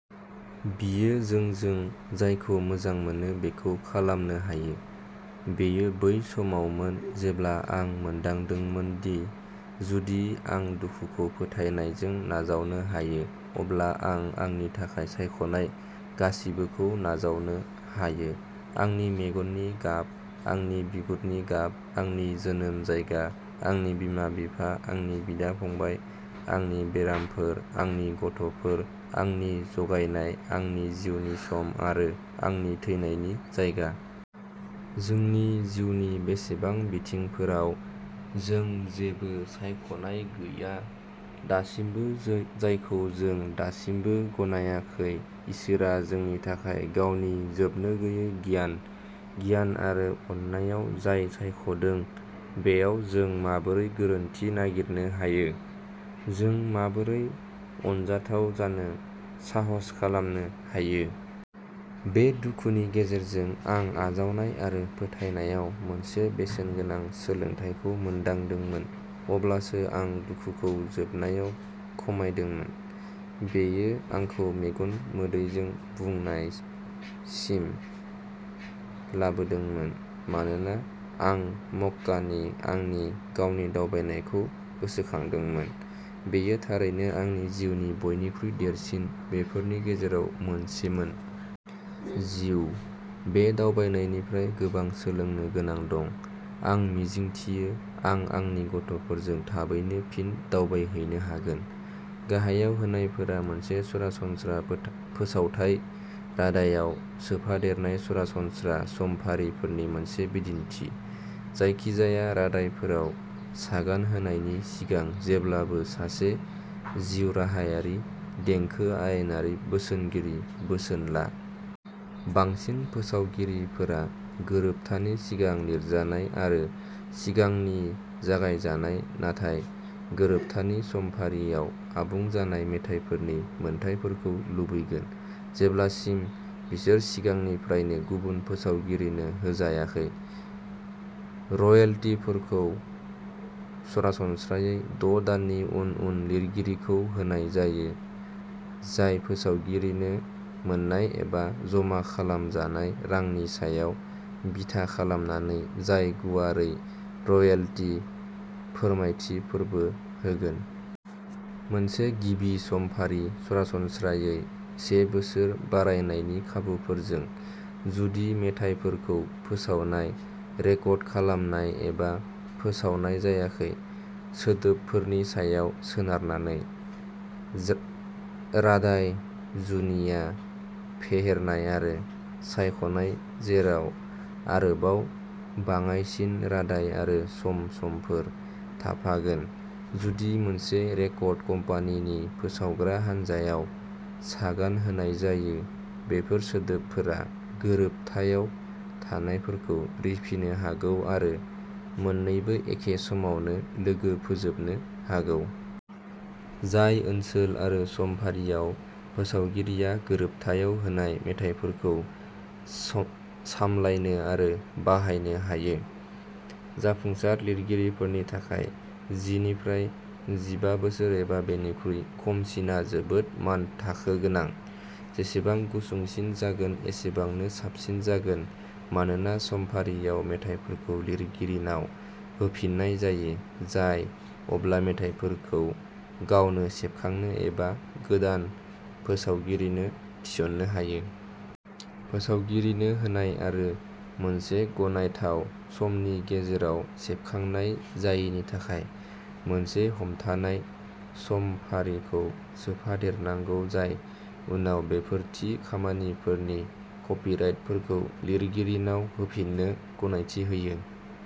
बियो जोंजों जायखौ मोजां मोनो बेखौ खालामनो हायो। बेयो बै समावमोन जेब्ला आं मोनदांदोंमोन दि जुदि आं दुखुखौ फोथायनायजों नाजावनो हायो, अब्ला आं आंनि थाखाय सायख'नाय गासिबोखौ नाजावनो हायो आंनि मेगननि गाब, आंनि बिगुरनि गाब, आंनि जोनोम जायगा, आंनि बिमा-बिफा, आंनि बिदा-फंबाय, आंनि बेरामफोर, आंनि गथ'फोर, आंनि जगायनाय, आंनि जिउनि सम आरो आंनि थैनायनि जायगा। जोंनि जिउनि बेसेबां बिथिंफोराव जों जेबो सायख'नाय गैया, दासिमबो जायखौ जों दासिमबो गनायाखै इसोरआ जोंनि थाखाय गावनि जोबनोगैयै गियान, गियान आरो अननायाव जाय सायख'दों बेयाव जों माबोरै गोरोन्थि नागिरनो हायो? जों माबोरै अनजाथाव जानो साहस खालामनो हायो? बे दुखुनि गेजेरजों आं आजावनाय आरो फोथायनायाव मोनसे बेसेनगोनां सोलोंथायखौ मोनदांदोंमोन। अब्लासो आं दुखुखौ जोबनायाव खमायदोंमोन। बेयो आंखौ मेगन मोदैजों बुनायसिम लाबोदोंमोन मानोना आं मक्कानि आंनि गावनि दावबायनायखौ गोसोखांदोंमोन। बेयो थारैनो आंनि जिउनि बयनिख्रुइ देरसिन बोरफोरनि गेजेराव मोनसेमोन। जिउ। बे दावबायनायनिफ्राय गोबां सोलोंनो गोनां दं। आं मिजिंथियो आं आंनि गथ'फोरजों थाबैनो फिन दावबायहैनो हागोन। गाहायाव होनायफोरा मोनसे सरासनस्रा बो फोसावथाय रादायआव सोफादेरजानाय सरासनस्रा समफारिफोरनि मोनसे बिदिन्थि, जायखिजाया रादायफोराव सागान होनायनि सिगां जेब्लाबो सासे जिउराहायारि देंखो आयेनारि बोसोनगिरि बोसोन ला। बांसिन फोसावगिरिफोरा गोरोबथानि सिगां लिरजानाय आरो सिगांनि जागाय जानाय नाथाय गोरोबथानि समफारियाव आबुं जानाय मेथाइफोरनि मोनथायफोरखौ लुबैगोन, जेब्लासिम बिसोर सिगांनिफ्रायनो गुबुन फोसावगिरिनो होजायाखै। रयेल्टिफोरखौ सरासनस्रायै द' दाननि उन उन लिरगिरिखौ होनाय जायो जाय फोसावगिरिनो मोन्नाय एबा जमा खालामजानाय रांनि सायाव बिथा खालामनानै जाय गुवारै रयेल्टि फोरमायथिफोरबो होगोन। मोनसे गिबि समफारि सरासनस्रायै से बोसोर बारायनायनि खाबुफोरजों, जुदि मेथाइफोरखौ फोसावनाय, रेकर्ड खालामनाय एबा फोसावनाय जायाखै, सोदोबफोरनि सायाव सोनारनानै। रादाय जुनिया फेहेरनाय आरो सायख'नाय जेराव आरोबाव बाङाइसिन रादाय आरो सम समफोर थाफागोन। जुदि मोनसे रेकर्ड कम्पानिनि फोसावग्रा हान्जायाव सागान होनाय जायो, बेफोर सोदोबफोरा गोरोबथायाव थानायफोरखौ रिफिनो हागौ आरो मोननैबो एखे समावनो लोगो फोजोबनो हागौ। जाय ओनसोल आरो समफारियाव फोसावगिरिया गोरोबथायाव होनाय मेथाइफोरखौ सब सामलायनो आरो बाहायनो हायो। जाफुंसार लिरगिरिफोरनि थाखाय जि निफ्राय जिबा बोसोर एबा बेनिख्रुइ खमसिनआ जोबोद मानथाखो गोनां, जेसेबां गुसुंसिन जागोन एसेबांनो साबसिन जागोन मानोना समफारियाव मेथाइफोरखौ लिरगिरिनाव होफिननाय जायो, जाय अब्ला मेथाइफोरखौ गावनो सेबखांनो एबा गोदान फोसावगिरिनो थिसन्नो हायो। फोसावगिरिनो होनाय आरो मोनसे गनायथाव समनि गेजेराव सेबखांनाय जायैनि थाखाय मोनसे हमथानाय समफारिखौ सोफादेरनांगौ जाय उनाव बेफोर थि खामानिफोरनि कपिराइटफोरखौ लिरगिरिनाव होफिन्नो गनायथि होयो।